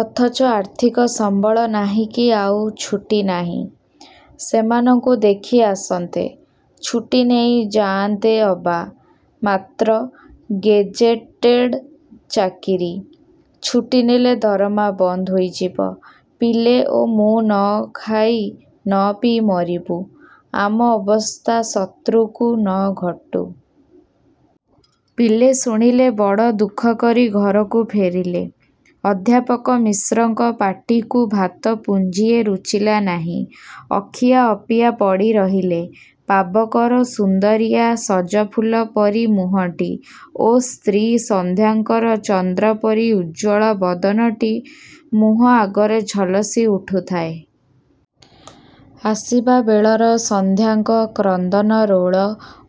ଅଥଚ ଆର୍ଥିକ ସମ୍ବଳ ନାହିଁ କି ଆଉ ଛୁଟୀ ନାହିଁ ସେମାନଙ୍କୁ ଦେଖି ଆସନ୍ତେ। ଛୁଟୀ ନେଇ ଯାଆନ୍ତେ ଅବା, ମାତ୍ର ଗେଜେଟେଡ଼ ଚାକିରୀ। ଛୁଟି ନେଲେ ଦରମା ବନ୍ଦ ହୋଇଯିବ। ପିଲେ ଓ ମୁଁ ନ ଖାଇ ନ ପିଇ ମରିବୁ। ଆମ ଅବସ୍ଥା ଶତ୍ରୁ କୁ ନ ଘଟୁ। ପିଲେ ଶୁଣିଲେ। ବଡ଼ ଦୁଃଖ କରି ଘରକୁ ଫେରିଲେ। ଅଧ୍ୟାପକ ମିଶ୍ରଙ୍କ ପାଟିକୁ ଭାତ ପୁଞ୍ଜିଏ ରୁଚିଲା ନାହିଁ। ଅଖିଆ ଅପିଆ ପଡ଼ି ରହିଲେ। ପାବକର ସୁନ୍ଦରିଆ ସଜ ଫୁଲ ପରି ମୁହଁଟି ଓ ସ୍ତ୍ରୀ ସନ୍ଧ୍ୟାଙ୍କର ଚନ୍ଦ୍ର ପରି ଉଜ୍ଜ୍ୱଳ ବଦନଟି ମୁହଁ ଆଗରେ ଝଲସି ଉଠୁଥାଏ। ଆସିବାବେଳର ସନ୍ଧ୍ୟାଙ୍କ କ୍ରନ୍ଦନ ରୋଳ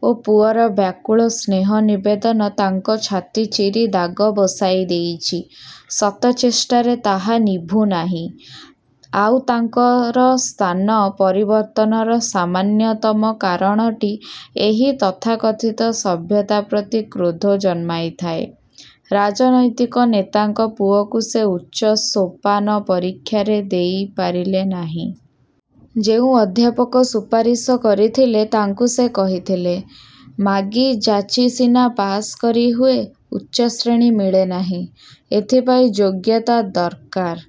ଓ ପୁଅର ବ୍ୟାକୁଳ ସ୍ନେହ ନିବେଦନ ତାଙ୍କ ଛାତି ଚିରି ଦାଗ ବସାଇ ଦେଇଚି। ଶତ ଚେଷ୍ଟାରେ ତାହା ନିଭୁନାହିଁ। ଆଉ ତାଙ୍କର ସ୍ଥାନ ପରିବର୍ତ୍ତନର ସାମାନ୍ୟତମ କାରଣଟି ଏହି ତଥାକଥିତ ସଭ୍ୟତା ପ୍ରତି କ୍ରୋଧ ଜନ୍ମାଇଥାଏ। ରାଜନୈତିକ ନେତାଙ୍କ ପୁଅକୁ ସେ ଉଚ୍ଚ ସୋପାନ ପରୀକ୍ଷାରେ ଦେଇପାରିଲେ ନାହିଁ। ଯେଉଁ ଅଧ୍ୟାପକ ସୁପାରିଶ କରିଥିଲେ, ତାଙ୍କୁ ସେ କହିଥିଲେ-ମାଗି ଯାଚି ସିନା ପାଶ୍ କରି ହୁଏ, ଉଚ୍ଚଶ୍ରେଣୀ ମିଳେ ନାହିଁ। ଏଥିପାଇଁ ଯୋଗ୍ୟତା ଦର୍କାର।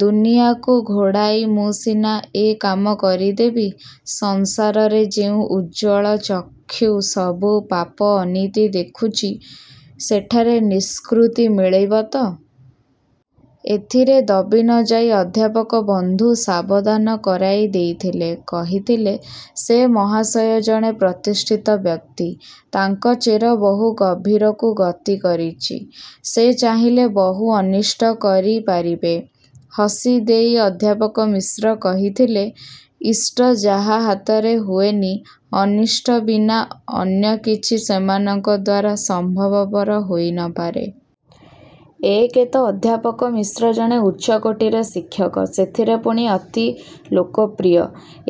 ଦୁନିଆକୁ ଘୋଡ଼ାଇ ମୁଁ ସିନା ଏ କାମ କରିଦେବି, ସଂସାରରେ ଯେଉଁ ଉଜ୍ଜ୍ୱଳ ଚକ୍ଷୁ ସବୁ ପାପ ଅନୀତି ଦେଖୁଚି, ସେଠାରେ ନିଷ୍କୃତି ମିଳିବ ତ! ଏଥିରେ ଦବି ନ ଯାଇ ଅଧ୍ୟାପକ ବନ୍ଧୁ ସାବଧାନ କରାଇ ଦେଇଥିଲେ। କହିଥିଲେ-ସେ ମହାଶୟ ଜଣେ ପ୍ରତିଷ୍ଠିତ ବ୍ୟକ୍ତି। ତାଙ୍କ ଚେର ବହୁ ଗଭୀରକୁ ଗତି କରିଚି। ସେ ଚାହିଁଲେ ବହୁ ଅନିଷ୍ଟ କରି ପାରିବେ। ହସି ଦେଇ ଅଧ୍ୟାପକ ମିଶ୍ର କହିଥିଲେ-ଇଷ୍ଟ ଯାହା ହାତରେ ହୁଏନି, ଅନିଷ୍ଟ ବିନା ଅନ୍ୟ କିଛି ସେମାନଙ୍କ ଦ୍ୱାରା ସମ୍ଭବପର ହୋଇ ନ ପାରେ। ଏକେ ତ ଅଧ୍ୟାପକ ମିଶ୍ର ଜଣେ ଉଚ୍ଚକୋଟୀର ଶିକ୍ଷକ। ସେଥିରେ ପୁଣି ଅତି ଲୋକପ୍ରିୟ।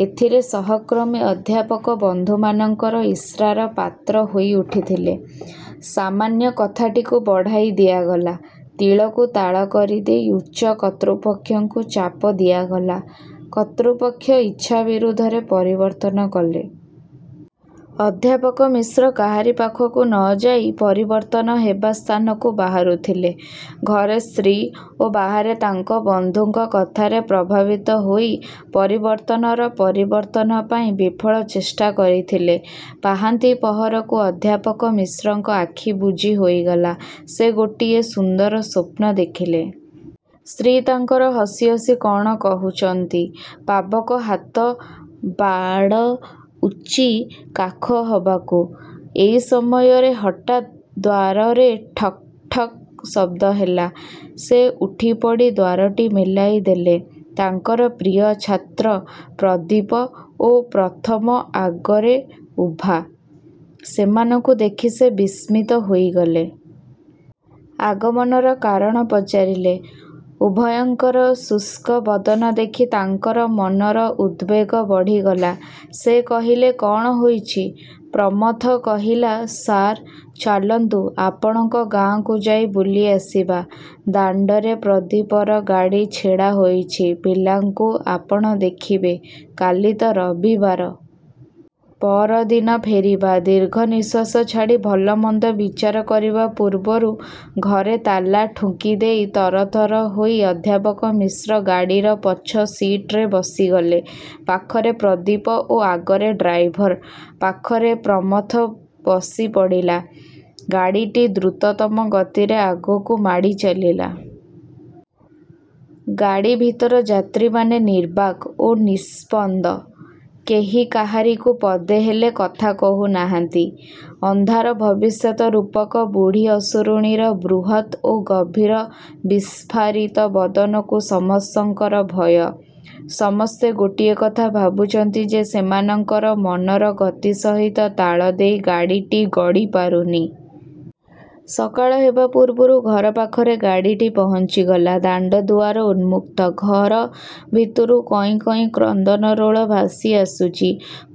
ଏଥିରେ ସହକର୍ମୀ ଅଧ୍ୟାପକ ବନ୍ଧୁମାନଙ୍କର ଈର୍ଷାର ପାତ୍ର ହୋଇ ଉଠିଥିଲେ। ସାମାନ୍ୟ କଥାଟିକୁ ବଢ଼ାଇ ଦିଆଗଲା। ତିଳକୁ ତାଳ କରିଦେଇ ଉଚ୍ଚ କର୍ତ୍ତୃପକ୍ଷଙ୍କୁ ଚାପ ଦିଆଗଲା-। କର୍ତ୍ତୃପକ୍ଷ ଇଚ୍ଛା ବିରୁଦ୍ଧରେ ପରିବର୍ତ୍ତନ କଲେ। ଅଧ୍ୟାପକ ମିଶ୍ର କାହାରି ପାଖକୁ ନ ଯାଇ ପରିବର୍ତ୍ତନ ହେବା ସ୍ଥାନକୁ ବାହାରୁଥିଲେ। ଘରେ ସ୍ତ୍ରୀ ଓ ବାହାରେ ତାଙ୍କ ବନ୍ଧୁଙ୍କ କଥାରେ ପ୍ରଭାବିତ ହୋଇ ପରିବର୍ତ୍ତନର ପରିବର୍ତ୍ତନ ପାଇଁ ବିଫଳ ଚେଷ୍ଟା କରିଥିଲେ। ପାହାନ୍ତି ପହରକୁ ଅଧ୍ୟାପକ ମିଶ୍ରଙ୍କ ଆଖି ବୁଜି ହୋଇଗଲା। ସେ ଗୋଟିଏ ସୁନ୍ଦର ସ୍ୱପ୍ନ ଦେଖିଲେ। ସ୍ତ୍ରୀ ତାଙ୍କର ହସି ହସି କ'ଣ କହୁଚନ୍ତି। ପାବକ ହାତ ବାଡ଼ଉଚି କାଖ ହବାକୁ। ଏଇ ସମୟରେ ହଠାତ୍ ଦ୍ୱାରରେ ଠକ୍ ଠକ୍ ଶବ୍ଦ ହେଲା। ସେ ଉଠିପଡ଼ି ଦ୍ୱାରଟି ମେଲାଇ ଦେଲେ-। ତାଙ୍କର ପ୍ରିୟ ଛାତ୍ର ପ୍ରଦୀପ ଓ ପ୍ରଥମ ଆଗରେ ଉଭା। ସେମାନଙ୍କୁ ଦେଖି ସେ ବିସ୍ମିତ ହୋଇଗଲେ। ଆଗମନର କାରଣ ପଚାରିଲେ। ଉଭୟଙ୍କର ଶୁଷ୍କ ବଦନ ଦେଖି ତାଙ୍କର ମନର ଉଦବେଗ ବଢ଼ିଗଲା। ସେ କହିଲେ-କଣ ହୋଇଚି? ପ୍ରମଥ କହିଲା-ସାର୍, ଚାଲନ୍ତୁ ଆପଣଙ୍କ ଗାଁକୁ ଯାଇ ବୁଲି ଆସିବା। ଦାଣ୍ଡରେ ପ୍ରଦୀପର ଗାଡ଼ି ଛିଡ଼ା ହୋଇଚି। ପିଲାଙ୍କୁ ଆପଣ ଦେଖିବେ। କାଲି ତ ରବିବାର। ପଅର ଦିନ ଫେରିବା। ଦୀର୍ଘ ନିଶ୍ୱାସ ଛାଡ଼ି ଭଲ ମନ୍ଦ ବିଚାର କରିବା ପୂର୍ବରୁ ଘରେ ତାଲା ଠୁଙ୍କିଦେଇ ତରତର ହୋଇ ଅଧ୍ୟାପକ ମିଶ୍ର ଗାଡ଼ିର ପଛ ସିଟରେ ବସିଗଲେ। ପାଖରେ ପ୍ରଦୀପ ଓ ଆଗରେ ଡ୍ରାଇଭର ପାଖରେ ପ୍ରମଥ ବସି ପଡ଼ିଲା। ଗାଡ଼ିଟି ଦ୍ରୁତତମ ଗତିରେ ଆଗକୁ ମାଡ଼ି ଚାଲିଲା। ଗାଡ଼ି ଭିତର ଯାତ୍ରୀମାନେ ନିର୍ବାକ୍ ଓ ନିସ୍ପନ୍ଦ। କେହି କାହାରିକୁ ପଦେ ହେଲେ କଥା କହୁ ନାହାନ୍ତି। ଅନ୍ଧାର ଭବିଷ୍ୟତ ରୂପକ ବୁଢ଼ୀ ଅସୁରୁଣୀର ବୃହତ୍ ଓ ଗଭୀର ବିସ୍ଫାରିତ ବଦନକୁ ସମସ୍ତଙ୍କର ଭୟ। ସମସ୍ତେ ଗୋଟିଏ କଥା ଭାବୁଚନ୍ତି ଯେ ସେମାନଙ୍କର ମନର ଗତି ସହିତ ତାଳ ଦେଇ ଗାଡ଼ିଟି ଗଡ଼ି ପାରୁନି। ସକାଳ ହେବା ପୂର୍ବରୁ ଘର ପାଖରେ ଗାଡ଼ିଟି ପହଞ୍ଚିଗଲା। ଦାଣ୍ଡ ଦୁଆର ଉନ୍ମୁକ୍ତ। ଘର ଭିତରୁ କଇଁ କଇଁ କ୍ରନ୍ଦନରୋଳ ଭାସି ଆସୁଚି।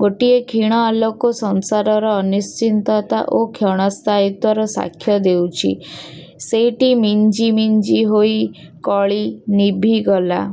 ଗୋଟିଏ କ୍ଷୀଣ ଆଲୋକ ସଂସାରର ଅନିଶ୍ଚିତତା ଓ କ୍ଷଣ ସ୍ଥାୟିତ୍ୱର ସାକ୍ଷ୍ୟ ଦେଉଚି। ସେଇଟି ମିଞ୍ଜି ମିଞ୍ଜି ହୋଇ କଳି ନିଭିଗଲା।